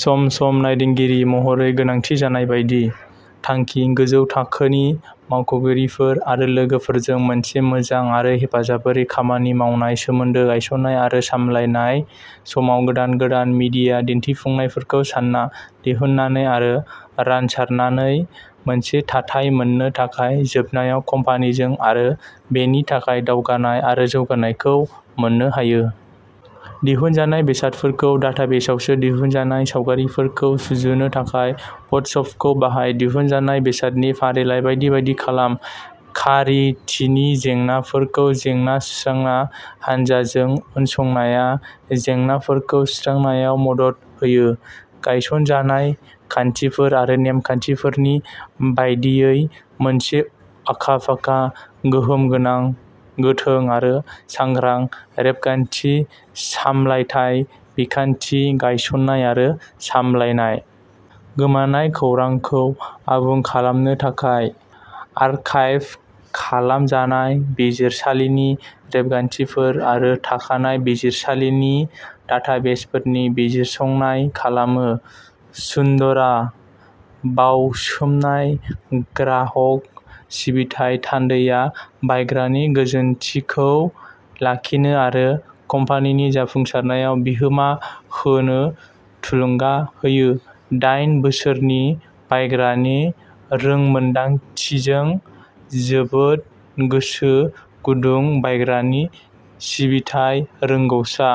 सम-सम नायदिंगिरि महरै गोनांथि जानाय बायदि। थांखिः गोजौ थाखोनि मावख'गिरिफोर आरो लोगोफोरजों मोनसे मोजां आरो हेफाजाबारि खामानि मावनाय सोमोन्दो गायसन्नाय आरो सामलायनाय समाव गोदान गोदान मिडिया दिन्थिफुंनायफोरखौ सानना, दिहुननानै आरो रानसारनानै मोनसे थाथाय मोन्नो थाखाय जोबनायाव कम्पानिजों आरो बेनि थाखाय दावगानाय आरो जौगानायखौ मोन्नो हायो। दिहुनजानाय बेसादफोरखौ डाटाबेसावसो दिहुनजानाय सावगारिफोरखौ सुजुनो थाखाय फट'शपखौ बाहाय दिहुनजानाय बेसादनि फारिलाइ बायदि बायदि खालाम। खारिथिनि जेंनाफोरखौ जेंना सुस्रांना हान्जाजों उनसंनाया जेंनाफोरखौ सुस्रांनायाव मदद होयो। गायसनजानाय खान्थिफोर आरो नेमखान्थिफोरनि बायदियै मोनसे आखा-फाखा, गोहोम गोनां, गोथों आरो सांग्रां रेबगान्थि सामलायथाय बिखान्थि गायसन्नाय आरो सामलायनाय। गोमानाय खौरांखौ आबुं खालामनो थाखाय आर्काइभ खालामजानाय बिजिरसालिनि रेबगान्थिफोर आरो थाखानाय बिजिरसालिनि डाटाबेसफोरनि बिजिरसंनाय खालामो। सुंदरा बावसोमनाय ग्राहक सिबिथाइ थान्दैआ बायग्रानि गोजोनथिखौ लाखिनो आरो कम्पानिनि जाफुंसारनायाव बिहोमा होनो थुलुंगा होयो। दाइन बोसोरनि बायग्रानि रोंमोनदांथिजों जोबोद गोसो गुदुं बायग्रानि सिबिथाइ रोंग'सा।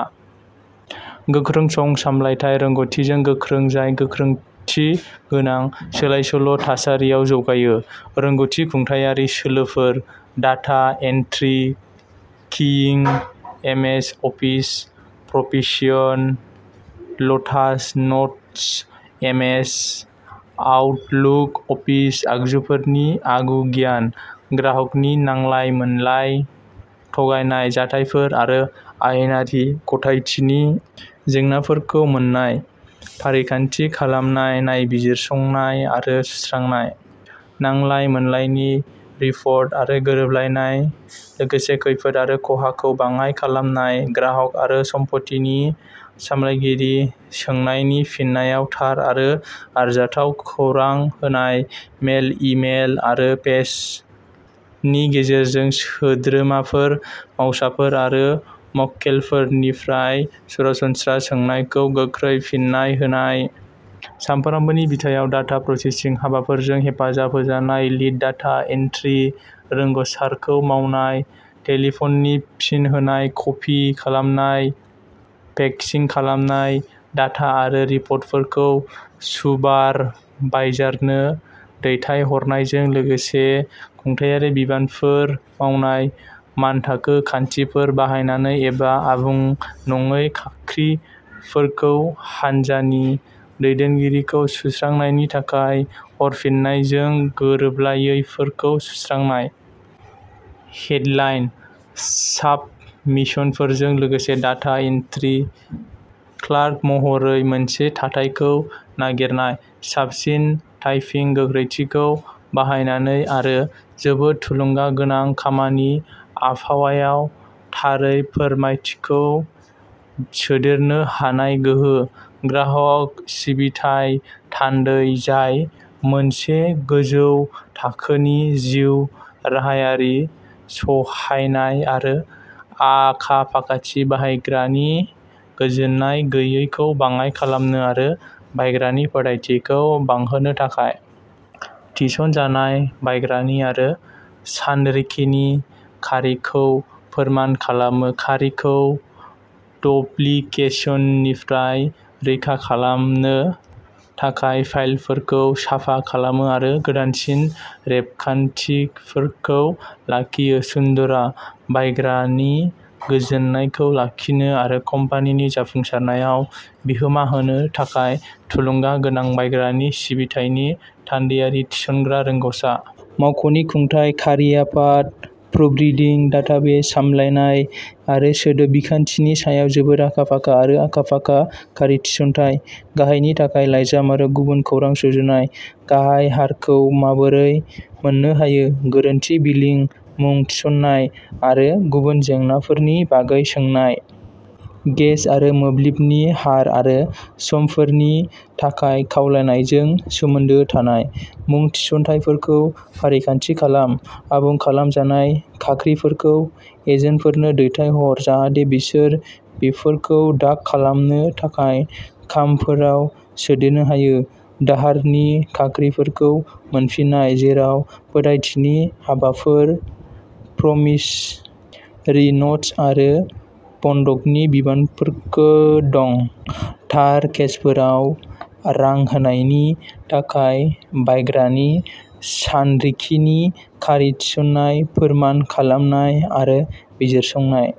गोख्रों सम सामलायथाय रोंग'थिजों गोख्रों जाय गोख्रैथि गोनां, सोलायसोल' थासारियाव जौगायो। रोंग'थि खुंथायारि सोलोफोर, डाटा एन्ट्रि किइं, MS Office proficient, Lotus Notes, MS Outlook, office आगजुफोरनि आगु गियान। ग्राहकनि नांलाय-मोनलाय, थगायनाय जाथायफोर आरो आयेनारि गनायथिनि जेंनाफोरखौ मोन्नाय, फारिखान्थि खालामनाय, नायबिजिरसंनाय आरो सुस्रांनाय। नांलाय-मोनलायनि रिपर्ट आरो गोरोबलायनाय लोगोसे खैफोद आरो खहाखौ बाङाइ खालामनाय ग्राहक आरो सम्पथि सामलायगिरि सोंनायनि फिननायाव थार आरो आरजाथाव खौरां होनाय। मेल, इ-मेल आरो फेक्सनि गेजेरजों सोद्रोमाफोर, मावसाफोर आरो मक्केलफोरनिफ्राय सरासनस्रा सोंनायखौ गोख्रै फिननाय होनाय। सानफ्रोमबोनि बिथायाव डाटा प्रसेसिं हाबाफोरजों हेफाजाब होजानाय लीड डाटा एन्ट्रि रोंग'सारखौ मावनाय। टेलिफ'ननि फिन होनाय कपि खालामनाय, फेक्सिं खालामनाय, डाटा आरो रिपर्टफोरखौ सुपारभाइजारनो दैथायहरनायजों लोगोसे खुंथायारि बिबानफोर मावनाय। मानथाखो खान्थिफोर बाहायनानै एबा आबुं नङै खाख्रिफोरखौ हानजानि दैदेनगिरिखौ सुस्रांनायनि थाखाय हरफिन्नायजों गोरोबलायैफोरखौ सुस्रांनाय। हेडलाइन साबमिशनफोरजों लोगोसे डाटा एन्ट्रि क्लार्क महरै मोनसे थाथायखौ नागिरनाय साबसिन टाइपिं गोख्रैथिखौ बाहायनानै आरो जोबोद थुलुंगागोनां खामानि आबहावायाव थारै फोरमायथिखौ सोदेरनो हानाय गोहो। ग्राहक सिबिथाइ थान्दै जाय मोनसे गोजौ थाखोनि जिउ राहायारि, सहायनाय आरो आखा-फाखाथि बायग्रानि गोजोन्नाय गैयैखौ बाङाइ खालामनो आरो बायग्रानि फोथायथिखौ बांहोनो थाखाय। थिसनजानाय बायग्रानि आरो सानरिखिनि खारिखौ फोरमान खालामो खारिखौ डुप्लिकेशननिफ्राय रैखा खालामनो थाखाय फाइलफोरखौ साफा खालामो आरो गोदानसिन रेबगान्थिफोरखौ लाखियो। सुंदरा बायग्रानि गोजोननायखौ लाखिनो आरो कम्पानिनि जाफुंसारनायाव बिहोमा होनो थाखाय थुलुंगा गोनां बायग्रानि सिबिथायनि थान्दैयारि थिसनग्रा रोंग'सा। मावख'नि खुंथाय खारि आफाद, प्रुफरिडिं, डाटाबेस सामलायनाय आरो सोदोब बिखान्थिनि सायाव जोबोद आखा-फाखा आरो आखा-फाखा खारि थिसनथाय। गाहायनि थाखाय लाइजाम आरो गुबुन खौरां सुजुनाय गाहाय हारखौ माबोरै मोन्नो हायो, गोरोन्थि बिलिं मुं थिसननाय आरो गुबुन जेंनाफोरनि बागै सोंनाय। गेस आरो मोब्लिबनि हार आरो समफोरनि थाखाय खावलायनायजों सोमोन्दो थानाय मुं थिसनथायफोरखौ फारिखान्थि खालाम। आबुं खालामजानाय खाख्रिफोरखौ एजेन्टफोरनो दैथाय हर जाहाथे बिसोर बेफोरखौ डाक खालामनो थाखाय खामफोराव सोदेरनो हायो। दाहारनि खाख्रिफोरखौ मोनफिननाय, जेराव फोथायथिनि हाबाफोर, प्रमिसरि न'ट्स आरो बन्दकनि बिबानफोर दं। थार केसफोराव रां होनायनि थाखाय बायग्रानि सानरिखिनि खारि थिसननाय फोरमान खालामनाय आरो बिजिरसंनाय।